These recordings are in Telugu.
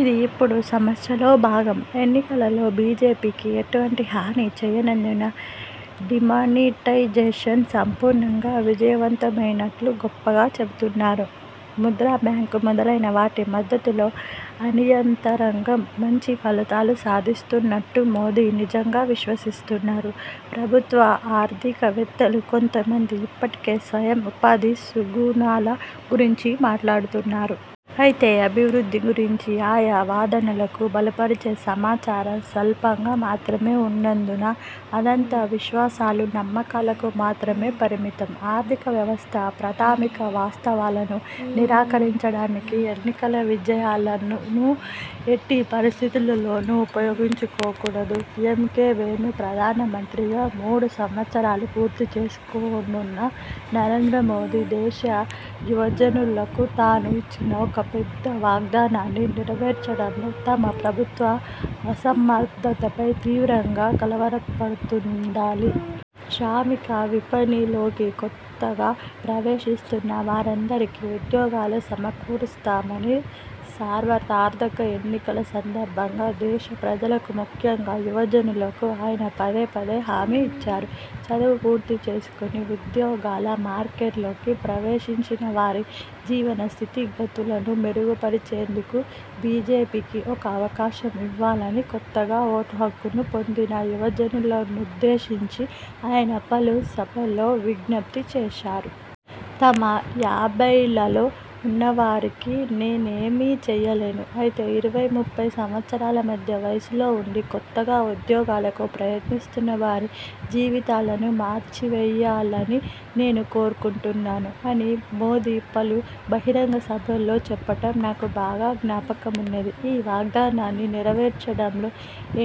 ఇది ఇప్పుడు సమస్యలో భాగం. ఎన్నికలలో బీజేపీకి ఎటువంటి హాని చేయనందున డీమానిటైజేషన్ సంపూర్ణంగా విజయవంతమయినట్టు గొప్పగా చెబుతున్నారు. ముద్రాబ్యాంకు మొదలైన వాటి మద్దతుతో అనియతరంగం మంచి ఫలితాలు సాధిస్తున్నుట్టు మోదీ నిజంగా విశ్వసిస్తున్నారు. ప్రభుత్వ ఆర్థికవేత్తలు కొంత మంది ఇప్పటికే స్వయం ఉపాధి సుగుణాల గురించి మాట్లాడుతున్నారు. అయితే అభివృద్ధి గురించి ఆయా వాదనలకు బలపరిచే సమాచారం స్వల్పంగా మాత్రమే వున్నందున అదంతా విశ్వాసాలు, నమ్మకాలకు మాత్రమే పరిమితం. ఆర్థిక వ్యవస్థ ప్రాథమిక వాస్తవాలను నిరాకరించడానికి ఎన్నికల విజయాలను ఎట్టి పరిస్థితులలోను ఉపయోగించుకోకూడదు. ఎమ్. కె. వేణుప్రధానమంత్రిగా మూడు సంవత్సరాలు పూర్తిచేసుకోనున్న నరేంద్రమోదీ దేశ యువజనులకు తాను ఇచ్చిన ఒక పెద్ద వాగ్దానాన్ని నెరవేర్చడంలో తమ ప్రభుత్వ అసమర్థతపై తీవ్రంగా కలవరపడుతుండాలి. శ్రామిక విపణిలోకి కొత్తగా ప్రవేశిస్తున్న వారందరికీ ఉద్యోగాలు సమకూరుస్తామని సార్వత్రక ఎన్నికల సందర్భంగా దేశ ప్రజలకు ముఖ్యంగా యువజనులకు ఆయన పదే పదే హామీ ఇచ్చారు. చదువు పూర్తిచేసుకొని ఉద్యోగాల మార్కెట్లోకి ప్రవేశించిన వారి జీవన స్థితిగతులను మెరుగురిచేందుకు బీజేపీకి ఒక అవకాశం ఇవ్వాలని కొత్తగా ఓటుహక్కును పొందిన యువజనులనుద్దేశించి ఆయన పలు సభల్లో విజ్ఞప్తి చేశారు. 'తమ యాభైలలో వున్నవారికి నేనేమీ చేయలేను. అయితే ఇరవై–ముప్పై సంవత్సరాల మధ్య వయస్సులోవుండి కొత్తగా ఉద్యోగాలకు ప్రయత్నిస్తున్న వారి జీవితాలను మార్చివేయాలని నేను కోరుకుంటున్నాను' అని మోదీ పలు బహిరంగసభల్లో చెప్పడం నాకు బాగా జ్ఞాపకమున్నది. ఈ వాగ్దానాన్ని నెరవేర్చడంలో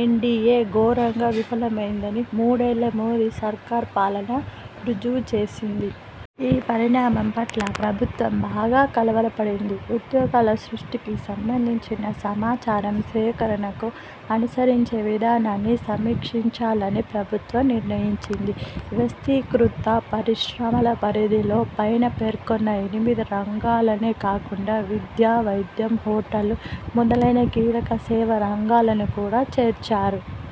ఎన్డీఏ ఘోరంగా విఫలమయిందని మూడేళ్ళ మోదీ సర్కార్ పాలన రుజువుచేసింది. ఈ పరిణామం పట్ల ప్రభుత్వం బాగా కలవరపడింది. ఉద్యోగాల సృష్టికి సంబంధించిన సమాచారం సేకరణకు అనుసరించే విధానాన్ని సమీక్షించాలని ప్రభుత్వం నిర్ణయించింది. వ్యవస్థీకృత పరిశ్రమల పరిధిలో పైన పేర్కొన్న ఎనిమిది రంగాలనే కాకుండా విద్య, వైద్యం, హోటళ్ళు మొదలైన కీలక సేవా రంగాలను కూడా చేర్చారు.